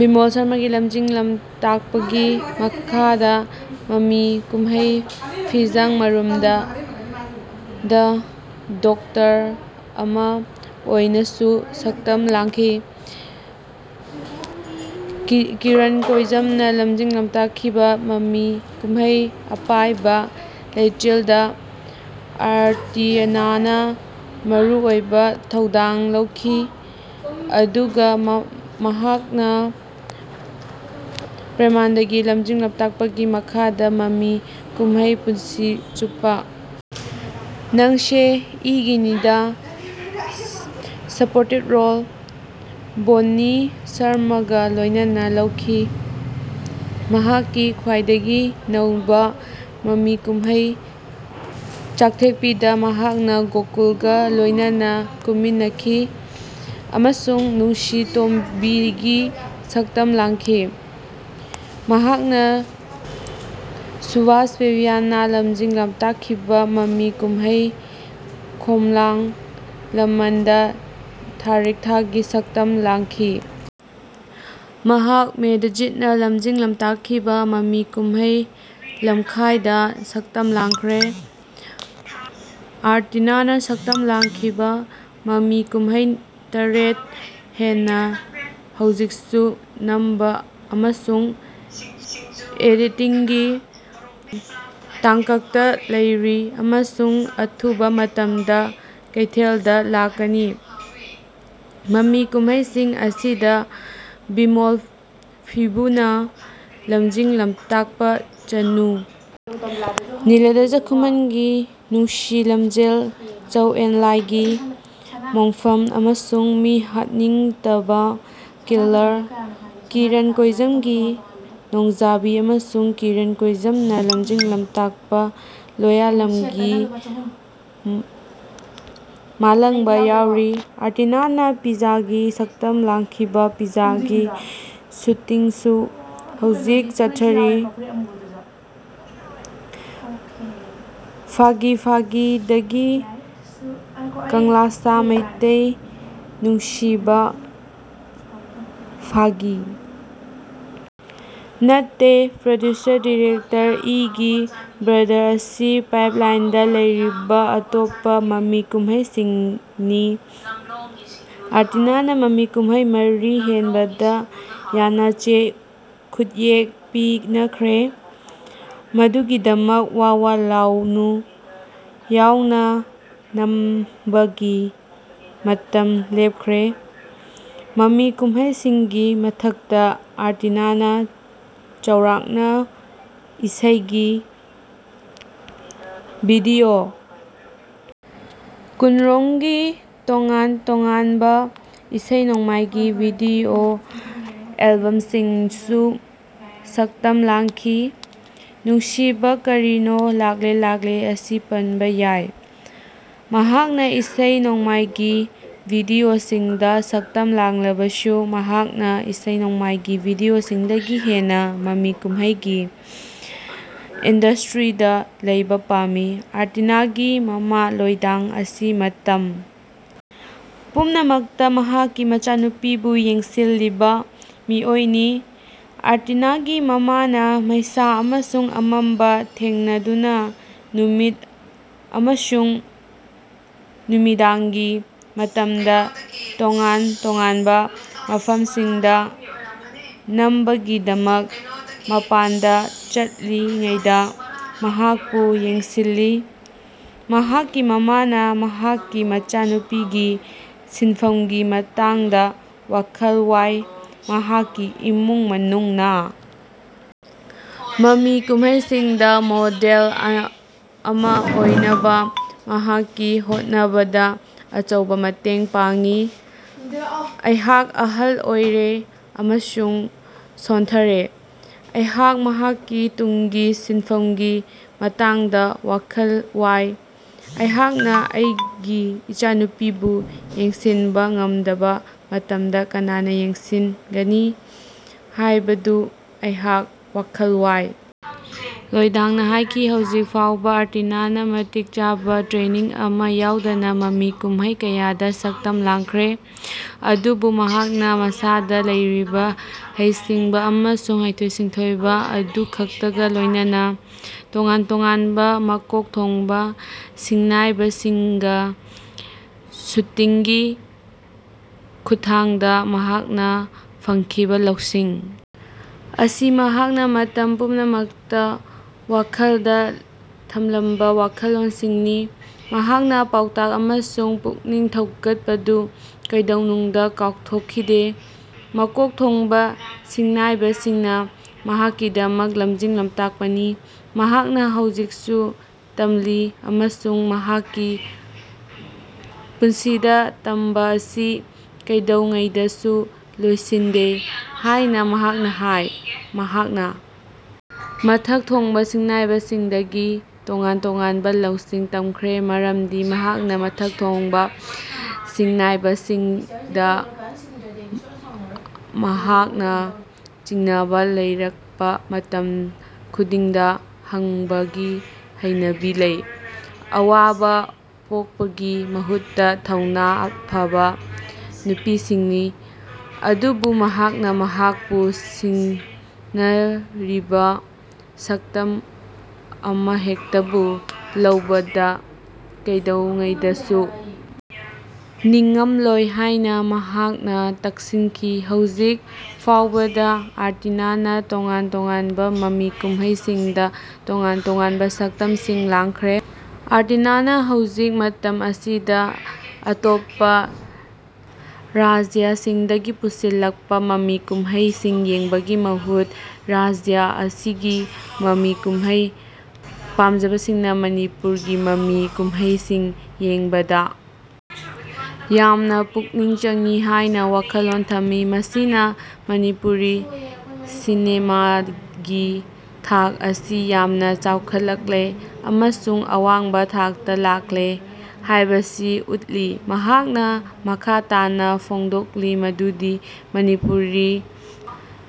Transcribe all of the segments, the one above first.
ꯕꯤꯃꯣꯜ ꯁꯔꯃꯥꯒꯤ ꯂꯝꯖꯤꯡ-ꯂꯝꯇꯥꯛꯄꯒꯤ ꯃꯈꯥꯗ ꯃꯃꯤ ꯀꯨꯝꯍꯩ "ꯐꯤꯖꯥꯡ ꯃꯔꯨꯝꯗꯥ"ꯗ ꯗꯣꯛꯇꯔ ꯑꯃ ꯑꯣꯏꯅꯁꯨ ꯁꯛꯇꯝ ꯂꯥꯡꯈꯤ꯫ ꯀꯤꯔꯟ ꯀꯣꯏꯖꯝꯅ ꯂꯝꯖꯤꯡ-ꯂꯝꯇꯥꯛꯈꯤꯕ ꯃꯃꯤ ꯀꯨꯝꯍꯩ "ꯑꯄꯥꯏꯕꯥ ꯂꯦꯆꯤꯜ"ꯗ ꯑꯥꯔꯇꯤꯅꯥꯅ ꯃꯔꯨꯑꯣꯏꯕ ꯊꯧꯗꯥꯡ ꯂꯧꯈꯤ ꯑꯗꯨꯒ ꯃꯍꯥꯛꯅ ꯄ꯭ꯔꯦꯃꯅꯟꯗꯒꯤ ꯂꯝꯖꯤꯡ-ꯂꯝꯇꯥꯛꯄꯒꯤ ꯃꯈꯥꯗ ꯃꯃꯤ ꯀꯨꯝꯍꯩ "ꯄꯨꯟꯁꯤ ꯆꯨꯞꯄꯥ ꯅꯪꯁꯦ ꯏꯒꯤꯅꯤ"ꯗ ꯁꯄꯣꯔꯇꯤꯡ ꯔꯣꯜ (ꯕꯣꯟꯅꯤ ꯁꯔꯃꯥꯒ ꯂꯣꯏꯅꯅ) ꯂꯧꯈꯤ꯫ ꯃꯍꯥꯛꯀꯤ ꯈ꯭ꯋꯥꯏꯗꯒꯤ ꯅꯧꯕ ꯃꯃꯤ ꯀꯨꯝꯍꯩ "ꯆꯛꯊꯦꯛꯄꯤ"ꯗ ꯃꯍꯥꯛꯅ ꯒꯣꯀꯨꯜꯒ ꯂꯣꯏꯅꯅ ꯀꯨꯝꯃꯤꯟꯅꯈꯤ ꯑꯃꯁꯨꯡ ꯅꯨꯡꯁꯤꯇꯣꯝꯕꯤꯒꯤ ꯁꯛꯇꯝ ꯂꯥꯡꯈꯤ꯫ ꯃꯍꯥꯛꯅ ꯁꯨꯚꯥꯁ ꯄꯦꯕꯤꯌꯥꯅ ꯂꯝꯖꯤꯡ-ꯂꯝꯇꯥꯛꯈꯤꯕ ꯃꯃꯤ ꯀꯨꯝꯍꯩ "ꯈꯣꯝꯂꯥꯡ ꯂꯃꯟ"ꯗ ꯊꯥꯔꯤꯛꯊꯥꯒꯤ ꯁꯛꯇꯝ ꯂꯥꯡꯈꯤ꯫ ꯃꯍꯥꯛ ꯃꯦꯙꯥꯖꯤꯠꯅ ꯂꯝꯖꯤꯡ-ꯂꯝꯇꯥꯛꯈꯤꯕ ꯃꯃꯤ ꯀꯨꯝꯍꯩ "ꯂꯝꯈꯥꯏ"ꯗ ꯁꯛꯇꯝ ꯂꯥꯡꯈ꯭ꯔꯦ꯫ ꯑꯥꯔꯇꯤꯅꯥꯅ ꯁꯛꯇꯝ ꯂꯥꯡꯈꯤꯕ ꯃꯃꯤ ꯀꯨꯝꯍꯩ ꯇꯔꯦꯠ ꯍꯦꯟꯅ ꯍꯧꯖꯤꯛꯁꯨ ꯅꯝꯕ ꯑꯃꯁꯨꯡ ꯑꯦꯗꯤꯇꯤꯡꯒꯤ ꯇꯥꯡꯀꯛꯇ ꯂꯩꯔꯤ ꯑꯃꯁꯨꯡ ꯑꯊꯨꯕ ꯃꯇꯝꯗ ꯀꯩꯊꯦꯜꯗ ꯂꯥꯛꯀꯅꯤ꯫ ꯃꯃꯤ ꯀꯨꯝꯍꯩꯁꯤꯡ ꯑꯁꯤꯗ ꯕꯤꯃꯣꯜ ꯐꯤꯕꯨꯅ ꯂꯝꯖꯤꯡ-ꯂꯝꯇꯥꯛꯄ ꯆꯅꯨ, ꯅꯤꯜꯂꯥꯙꯥꯖꯥ ꯈꯨꯃꯟꯒꯤ ꯅꯨꯡꯁꯤ ꯂꯝꯖꯦꯜ, ꯆꯧ-ꯑꯦꯟ-ꯂꯥꯏꯒꯤ ꯃꯣꯡꯐꯝ ꯑꯃꯁꯨꯡ ꯃꯤꯍꯠꯅꯤꯡꯇꯥꯕꯥ ꯀꯤꯂꯔ, ꯀꯤꯔꯟ ꯀꯣꯏꯖꯝꯒꯤ ꯅꯣꯡꯖꯥꯕꯤ ꯑꯃꯁꯨꯡ ꯀꯤꯔꯟ ꯀꯣꯏꯖꯝꯅ ꯂꯝꯖꯤꯡ-ꯂꯝꯇꯥꯛꯄ ꯂꯣꯌꯥꯂꯝꯒꯤ ꯃꯥꯂꯡꯕꯥ ꯌꯥꯎꯔꯤ꯫ ꯑꯥꯔꯇꯤꯅꯥꯅ ꯄꯤꯖꯥꯒꯤ ꯁꯛꯇꯝ ꯂꯥꯡꯈꯤꯕ ꯄꯤꯖꯥꯒꯤ ꯁꯨꯇꯤꯡꯁꯨ ꯍꯧꯖꯤꯛ ꯆꯠꯊꯔꯤ꯫ ꯐꯒꯤ ꯐꯒꯤꯗꯥꯒꯤ, ꯀꯪꯂꯥꯁꯥ ꯃꯩꯇꯩ, ꯅꯨꯡꯁꯤꯕꯥ ꯐꯒꯤ ꯅꯥꯠꯇꯦ, ꯄ꯭ꯔꯣꯗ꯭ꯌꯨꯁꯔ ꯗꯤꯔꯦꯛꯇꯔ, ꯏꯒꯤ ꯕ꯭ꯔꯗꯔ ꯑꯁꯤ ꯄꯥꯏꯞꯂꯥꯏꯟꯗ ꯂꯩꯔꯤꯕ ꯑꯇꯣꯞꯄ ꯃꯃꯤ ꯀꯨꯝꯍꯩꯁꯤꯡꯅꯤ꯫ ꯑꯥꯔꯇꯤꯅꯥꯅ ꯃꯃꯤ ꯀꯨꯝꯍꯩ ꯃꯔꯤ ꯍꯦꯟꯕꯗ ꯌꯥꯅꯆꯦ ꯈꯨꯠꯌꯦꯛ ꯄꯤꯅꯈ꯭ꯔꯦ ꯃꯗꯨꯒꯤꯗꯃꯛ "ꯋꯥ ꯋꯥ ꯂꯥꯎꯅꯨ"ꯌꯥꯎꯅ ꯅꯝꯕꯒꯤ ꯃꯇꯝ ꯂꯦꯞꯈ꯭ꯔꯦ꯫ ꯃꯃꯤ ꯀꯨꯝꯍꯩꯁꯤꯡꯒꯤ ꯃꯊꯛꯇ, ꯑꯥꯔꯇꯤꯅꯥꯅ ꯆꯥꯎꯔꯥꯛꯅ ꯏꯁꯩꯒꯤ ꯚꯤꯗꯤꯑꯣ ꯀꯨꯟꯔꯣꯝꯒꯤ ꯇꯣꯉꯥꯟ-ꯇꯣꯉꯥꯟꯕ ꯏꯁꯩ-ꯅꯣꯡꯃꯥꯏꯒꯤ ꯚꯤꯗꯤꯑꯣ ꯑꯦꯜꯕꯝꯁꯤꯡꯗꯁꯨ ꯁꯛꯇꯝ ꯂꯥꯡꯈꯤ꯫ ꯅꯨꯡꯁꯤꯕꯥ ꯀꯥꯔꯤꯅꯣ, ꯂꯛꯂꯦ ꯂꯛꯂꯦ ꯑꯁꯤ ꯄꯟꯕ ꯌꯥꯏ꯫ ꯃꯍꯥꯛꯅ ꯏꯁꯩ-ꯅꯣꯡꯃꯥꯏꯒꯤ ꯚꯤꯗꯤꯑꯣꯁꯤꯡꯗ ꯁꯛꯇꯝ ꯂꯥꯡꯂꯕꯁꯨ, ꯃꯍꯥꯛꯅ ꯏꯁꯩ-ꯅꯣꯡꯃꯥꯏꯒꯤ ꯚꯤꯗꯤꯑꯣꯁꯤꯡꯗꯒꯤ ꯍꯦꯟꯅ ꯃꯃꯤ ꯀꯨꯝꯍꯩꯒꯤ ꯏꯟꯗꯁꯇ꯭ꯔꯤꯗ ꯂꯩꯕ ꯄꯥꯝꯃꯤ꯫ ꯑꯥꯔꯇꯤꯅꯥꯒꯤ ꯃꯃꯥ ꯂꯣꯏꯗꯥꯡ ꯑꯁꯤ ꯃꯇꯝ ꯄꯨꯝꯅꯃꯛꯇ ꯃꯍꯥꯛꯀꯤ ꯃꯆꯥꯅꯨꯄꯤꯕꯨ ꯌꯦꯡꯁꯤꯜꯂꯤꯕ ꯃꯤꯑꯣꯏꯅꯤ꯫ ꯑꯥꯔꯇꯤꯅꯥꯒꯤ ꯃꯃꯥꯅ ꯃꯩꯁꯥ ꯑꯃꯁꯨꯡ ꯑꯃꯝꯕ ꯊꯦꯡꯅꯗꯨꯅ ꯅꯨꯃꯤꯠ ꯑꯃꯁꯨꯡ ꯅꯨꯃꯤꯗꯥꯡꯒꯤ ꯃꯇꯝꯗ ꯇꯣꯉꯥꯟ-ꯇꯣꯉꯥꯟꯕ ꯃꯐꯝꯁꯤꯡꯗ ꯅꯝꯕꯒꯤꯗꯃꯛ ꯃꯄꯥꯟꯗ ꯆꯠꯂꯤꯉꯩꯗ ꯃꯍꯥꯛꯄꯨ ꯌꯦꯡꯁꯤꯜꯂꯤ꯫ ꯃꯍꯥꯛꯀꯤ ꯃꯃꯥꯅ ꯃꯍꯥꯛꯀꯤ ꯃꯆꯥꯅꯨꯄꯤꯒꯤ ꯁꯤꯟꯐꯝꯒꯤ ꯃꯇꯥꯡꯗ ꯋꯥꯈꯜ ꯋꯥꯏ꯫ ꯃꯍꯥꯛꯀꯤ ꯏꯃꯨꯡ ꯃꯅꯨꯡꯅ ꯃꯃꯤ ꯀꯨꯝꯍꯩꯁꯤꯡꯗ ꯃꯣꯗꯦꯜ ꯑꯃꯥ ꯑꯣꯏꯅꯕ ꯃꯍꯥꯛꯀꯤ ꯍꯣꯠꯅꯕꯗ ꯑꯆꯧꯕ ꯃꯇꯦꯡ ꯄꯥꯡꯉꯤ꯫"ꯑꯩꯍꯥꯛ ꯑꯍꯜ ꯑꯣꯏꯔꯦ ꯑꯃꯁꯨꯡ ꯁꯣꯟꯊꯔꯦ, ꯑꯩꯍꯥꯛ ꯃꯍꯥꯛꯀꯤ ꯇꯨꯡꯒꯤ ꯁꯤꯟꯐꯝꯒꯤ ꯃꯇꯥꯡꯗ ꯋꯥꯈꯜ ꯋꯥꯏ, ꯑꯩꯍꯥꯛꯅ ꯑꯩꯒꯤ ꯃꯆꯥꯅꯨꯄꯤꯕꯨ ꯌꯦꯡꯁꯤꯟꯕ ꯉꯝꯗꯕ ꯃꯇꯝꯗ ꯀꯅꯥꯅ ꯌꯦꯡꯁꯤꯟꯒꯅꯤ ꯍꯥꯏꯕꯗꯨ ꯑꯩꯍꯥꯛ ꯋꯥꯈꯜ ꯋꯥꯏ", ꯂꯣꯏꯗꯥꯡꯅ ꯍꯥꯏꯈꯤ꯫ ꯍꯧꯖꯤꯛ ꯐꯥꯎꯕꯗ ꯑꯥꯔꯇꯤꯅꯥꯅ ꯃꯇꯤꯛ ꯆꯥꯕ ꯇ꯭ꯔꯦꯅꯤꯡ ꯑꯃ ꯌꯥꯎꯗꯅ ꯃꯃꯤ ꯀꯨꯝꯍꯩ ꯀꯌꯥꯗ ꯁꯛꯇꯝ ꯂꯥꯡꯈ꯭ꯔꯦ ꯑꯗꯨꯕꯨ ꯃꯍꯥꯛꯅ ꯃꯁꯥꯗ ꯂꯩꯔꯤꯕ ꯍꯩꯁꯤꯡꯕ ꯑꯃꯁꯨꯡ ꯍꯩꯊꯣꯏ-ꯁꯤꯡꯊꯣꯏꯕ ꯑꯗꯨꯈꯛꯇꯒ ꯂꯣꯏꯅꯅ꯫ ꯇꯣꯉꯥꯟ-ꯇꯣꯉꯥꯟꯕ ꯃꯀꯣꯛ ꯊꯣꯡꯕ ꯁꯤꯟꯅꯥꯏꯕꯁꯤꯡꯒ ꯁꯨꯇꯤꯡꯒꯤ ꯈꯨꯠꯊꯥꯡꯗ ꯃꯍꯥꯛꯅ ꯐꯪꯈꯤꯕ ꯂꯧꯁꯤꯡ ꯑꯁꯤ ꯃꯍꯥꯛꯅ ꯃꯇꯝ ꯄꯨꯝꯅꯃꯛꯇ ꯋꯥꯈꯜꯗ ꯊꯝꯂꯝꯕ ꯋꯥꯈꯜꯂꯣꯟꯁꯤꯡꯅꯤ꯫ ꯃꯍꯥꯛꯅ ꯄꯥꯎꯇꯥꯛ ꯑꯃꯁꯨꯡ ꯄꯨꯛꯅꯤꯡ ꯊꯧꯒꯠꯄꯗꯨ ꯀꯩꯗꯧꯅꯨꯡꯗ ꯀꯥꯎꯊꯣꯛꯈꯤꯗꯦ꯫ ꯃꯀꯣꯛ ꯊꯣꯡꯕ ꯁꯤꯟꯅꯥꯏꯕꯁꯤꯡꯅ ꯃꯍꯥꯛꯀꯤꯗꯃꯛ ꯂꯝꯖꯤꯡ-ꯂꯝꯇꯥꯛꯄꯅꯤ꯫ ꯃꯍꯥꯛꯅ ꯍꯧꯖꯤꯛꯁꯨ ꯇꯝꯂꯤ ꯑꯃꯁꯨꯡ ꯃꯍꯥꯛꯀꯤ ꯄꯨꯟꯁꯤꯗ ꯇꯝꯕ ꯑꯁꯤ ꯀꯩꯗꯧꯉꯩꯗꯁꯨ ꯂꯣꯏꯁꯤꯟꯗꯦ ꯍꯥꯏꯅ ꯃꯍꯥꯛꯅ ꯍꯥꯏ꯫ ꯃꯍꯥꯛꯅ ꯃꯊꯛ ꯊꯣꯡꯕ ꯁꯤꯟꯅꯥꯏꯕꯁꯤꯡꯗꯒꯤ ꯇꯣꯉꯥꯟ-ꯇꯣꯉꯥꯟꯕ ꯂꯧꯁꯤꯡ ꯇꯝꯈ꯭ꯔꯦ ꯃꯔꯝꯗꯤ ꯃꯍꯥꯛꯅ ꯃꯊꯛ ꯊꯣꯡꯕ ꯁꯤꯟꯅꯥꯏꯕꯁꯤꯡꯗ ꯃꯍꯥꯛꯅ ꯆꯤꯡꯅꯕ ꯂꯩꯔꯛꯄ ꯃꯇꯝ ꯈꯨꯗꯤꯡꯗ ꯍꯪꯕꯒꯤ ꯍꯩꯅꯕꯤ ꯂꯩ꯫ ꯑꯋꯥꯕ ꯄꯣꯛꯄꯒꯤ ꯃꯍꯨꯠꯇ ꯊꯧꯅꯥ ꯐꯕ ꯅꯨꯄꯤꯁꯤꯡꯅꯤ꯫ ꯑꯗꯨꯕꯨ ꯃꯍꯥꯛꯅ ꯃꯍꯥꯛꯄꯨ ꯁꯤꯟꯅꯔꯤꯕ ꯁꯛꯇꯝ ꯑꯃꯍꯦꯛꯇꯕꯨ ꯂꯧꯕꯗ ꯀꯩꯗꯧꯉꯩꯗꯁꯨ ꯅꯤꯡꯉꯝꯂꯣꯏ ꯍꯥꯏꯅ ꯃꯍꯥꯛꯅ ꯇꯛꯁꯤꯟꯈꯤ꯫ ꯍꯧꯖꯤꯛ ꯐꯥꯎꯕꯗ ꯑꯥꯔꯇꯤꯅꯥꯅ ꯇꯣꯉꯥꯟ-ꯇꯣꯉꯥꯟꯕ ꯃꯃꯤ ꯀꯨꯝꯍꯩꯁꯤꯡꯗ ꯇꯣꯉꯥꯟ-ꯇꯣꯉꯥꯟꯕ ꯁꯛꯇꯝꯁꯤꯡ ꯂꯥꯡꯈ꯭ꯔꯦ꯫ ꯑꯥꯔꯇꯤꯅꯥꯅ ꯍꯧꯖꯤꯛ ꯃꯇꯝ ꯑꯁꯤꯗ ꯑꯇꯣꯞꯄ ꯔꯥꯖ꯭ꯌꯁꯤꯡꯗꯒꯤ ꯄꯨꯁꯤꯜꯂꯛꯄ ꯃꯃꯤ ꯀꯨꯝꯍꯩꯁꯤꯡ ꯌꯦꯡꯕꯒꯤ ꯃꯍꯨꯠꯇ ꯔꯥꯖ꯭ꯌ ꯑꯁꯤꯒꯤ ꯃꯃꯤ ꯀꯨꯝꯍꯩ ꯄꯥꯝꯖꯕꯁꯤꯡꯅ ꯃꯅꯤꯄꯨꯔꯒꯤ ꯃꯃꯤ ꯀꯨꯝꯍꯩꯁꯤꯡ ꯌꯦꯡꯕꯗ ꯌꯥꯝꯅ ꯄꯨꯛꯅꯤꯡ ꯆꯪꯏ ꯍꯥꯏꯅ ꯋꯥꯈꯜꯂꯣꯟ ꯊꯝꯂꯤ꯫ ꯃꯁꯤꯅ ꯃꯅꯤꯄꯨꯔꯤ ꯁꯤꯅꯦꯃꯥꯒꯤ ꯊꯥꯛ ꯑꯁꯤ ꯌꯥꯝꯅ ꯆꯥꯎꯈꯠꯂꯛꯂꯦ ꯑꯃꯁꯨꯡ ꯑꯋꯥꯡꯕ ꯊꯥꯛꯇ ꯂꯥꯛꯂꯦ ꯍꯥꯏꯕꯁꯤ ꯎꯠꯂꯤ꯫ ꯃꯍꯥꯛꯅ ꯃꯈꯥ ꯇꯥꯅ ꯐꯣꯡꯗꯣꯛꯂꯤ ꯃꯗꯨꯗꯤ ꯃꯅꯤꯄꯨꯔꯤ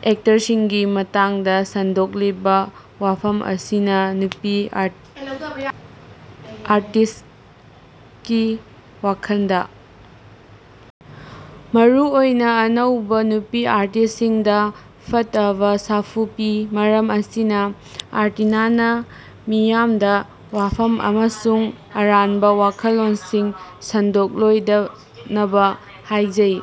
ꯑꯦꯛꯇꯔꯁꯤꯡꯒꯤ ꯃꯇꯥꯡꯗ ꯁꯟꯗꯣꯛꯂꯤꯕ ꯋꯥꯐꯝ ꯑꯁꯤꯅ ꯅꯨꯄꯤ ꯑꯥꯔꯇꯤꯁ꯭ꯠꯀꯤ ꯋꯥꯈꯜꯗ ꯃꯔꯨꯑꯣꯏꯅ ꯑꯅꯧꯕ ꯅꯨꯄꯤ ꯑꯥꯔꯇꯤꯁ꯭ꯠꯁꯤꯡꯗ ꯐꯠꯇꯕ ꯁꯥꯐꯨ ꯄꯤ꯫ ꯃꯔꯝ ꯑꯁꯤꯅ, ꯑꯥꯔꯇꯤꯅꯥꯅ ꯃꯤꯌꯥꯝꯗ ꯋꯥꯐꯝ ꯑꯃꯁꯨꯡ ꯑꯔꯥꯟꯕ ꯋꯥꯈꯜꯂꯣꯟꯁꯤꯡ ꯁꯟꯗꯣꯛꯂꯣꯏꯗꯅꯕ ꯍꯥꯏꯖꯩ"꯫